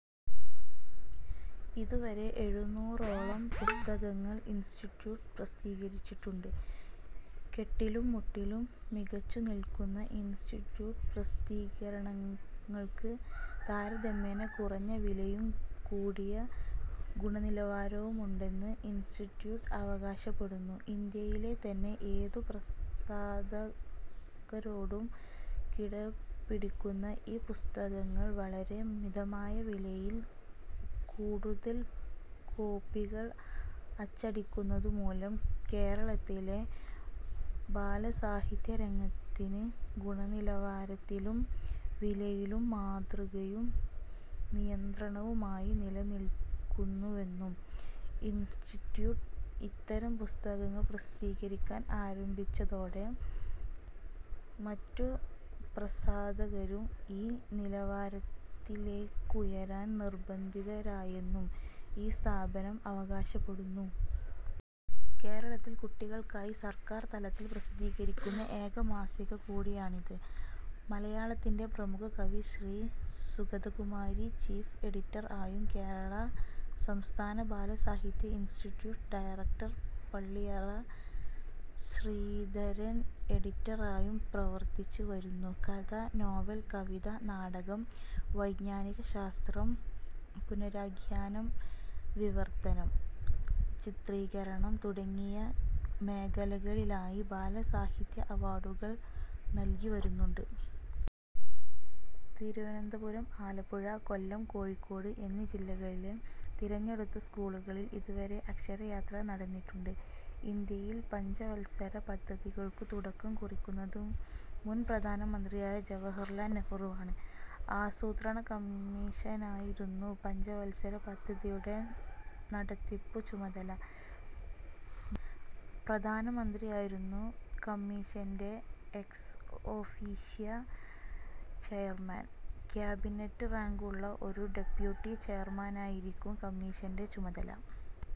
ഇതുവരെ എഴുന്നൂറോളം പുസ്തകങ്ങൾ ഇൻസ്റ്റിറ്റ്യൂട്ട് പ്രസിദ്ധീകരിച്ചിട്ടുണ്ട്. കെട്ടിലും മട്ടിലും മികച്ചു നിൽക്കുന്ന ഇൻസ്റ്റിറ്റ്യൂട്ട് പ്രസിദ്ധീകരണങ്ങൾക്കു് താരതമ്യേന കുറഞ്ഞ വിലയും കൂടിയ ഗുണനിലവാരവുമുണ്ടെന്നു് ഇൻസ്റ്റിറ്റ്യൂട്ട് അവകാശപ്പെടുന്നു. ഇന്ത്യയിലെ തന്നെ ഏതു പ്രസാധകരോടും കിടപിടിക്കുന്ന ഈ പുസ്തകങ്ങൾ വളരെ മിതമായ വിലയിൽ കൂടുതൽ കോപ്പികൾ അച്ചടിക്കുന്നതുമൂലം കേരളത്തിലെ ബാലസാഹിത്യരംഗത്തിന് ഗുണനിലവാരത്തിലും വിലയിലും മാതൃകയും നിയന്ത്രണവുമായി നിലനില്ക്കുന്നുവെന്നും ഇൻസ്റ്റിറ്റ്യൂട്ട് ഇത്തരം പുസ്തകങ്ങൾ പ്രസിദ്ധീകരിക്കാൻ ആരംഭിച്ചതോടെ മറ്റു പ്രസാധകരും ഈ നിലവാരത്തിലേക്കുയരാൻ നിർബന്ധിതരായെന്നും ഈ സ്ഥാപനം അവകാശപ്പെടുന്നുണ്ടു്. കേരളത്തിൽ കുട്ടികൾക്കായി സർക്കാർ തലത്തിൽ പ്രസിദ്ധീകരിക്കുന്ന ഏക മാസിക കൂടിയാണിത്. മലയാളത്തിൻറെ പ്രമുഖ കവി ശ്രീ സുഗതകുമാരി ചീഫ് എഡിറ്റർ ആയും കേരള സംസ്ഥാന ബാലസാഹിത്യ institute director Palliyara Sreedharan editor ആയും പ്രവർത്തിച്ച് വരുന്നു. കഥ, നോവൽ, കവിത, നാടകം വൈജ്ഞാനിക ശാസ്ത്രം, പുനരാഖ്യാനം വിവർത്തനം, ചിത്രീകരണം തുടങ്ങിയ മേഖലകളിലായി ബാലസാഹിത്യ അവാർഡുകൾ നൽകിവരുന്നുണ്ട്.. തിരുവനന്തപുരം, ആലപ്പുഴ, കൊല്ലം, കോഴിക്കോട് എന്നീ ജില്ലകളിലെ തിരഞ്ഞെടുത്ത സ്കൂളുകളിൽ ഇതുവരെ അക്ഷരയാത്ര നടന്നിട്ടുണ്ട്. ഇന്ത്യയിൽ പഞ്ചവൽസര പദ്ധതികൾക്കു തുടക്കം കുറിക്കുന്നത് മുൻ പ്രധാനമന്ത്രിയായ ജവഹർലാൽ നെഹ്രുവാണ്. ആസൂത്രണ കമ്മീഷനായിരിന്നു പഞ്ചവത്സര പദ്ധതികളുടെ നടത്തിപ്പു ചുമതല. പ്രധാനമന്ത്രിയായിരിന്നു കമ്മീഷന്റെ എക്സ്-ഒഫീഷ്യോ ചെയർമാൻ, ക്യാബിനറ്റ് റാങ്കുള്ള ഒരു ഡെപ്യൂട്ടി ചെയർമാനായിരിക്കും കമ്മീഷന്റെ ചുമതല.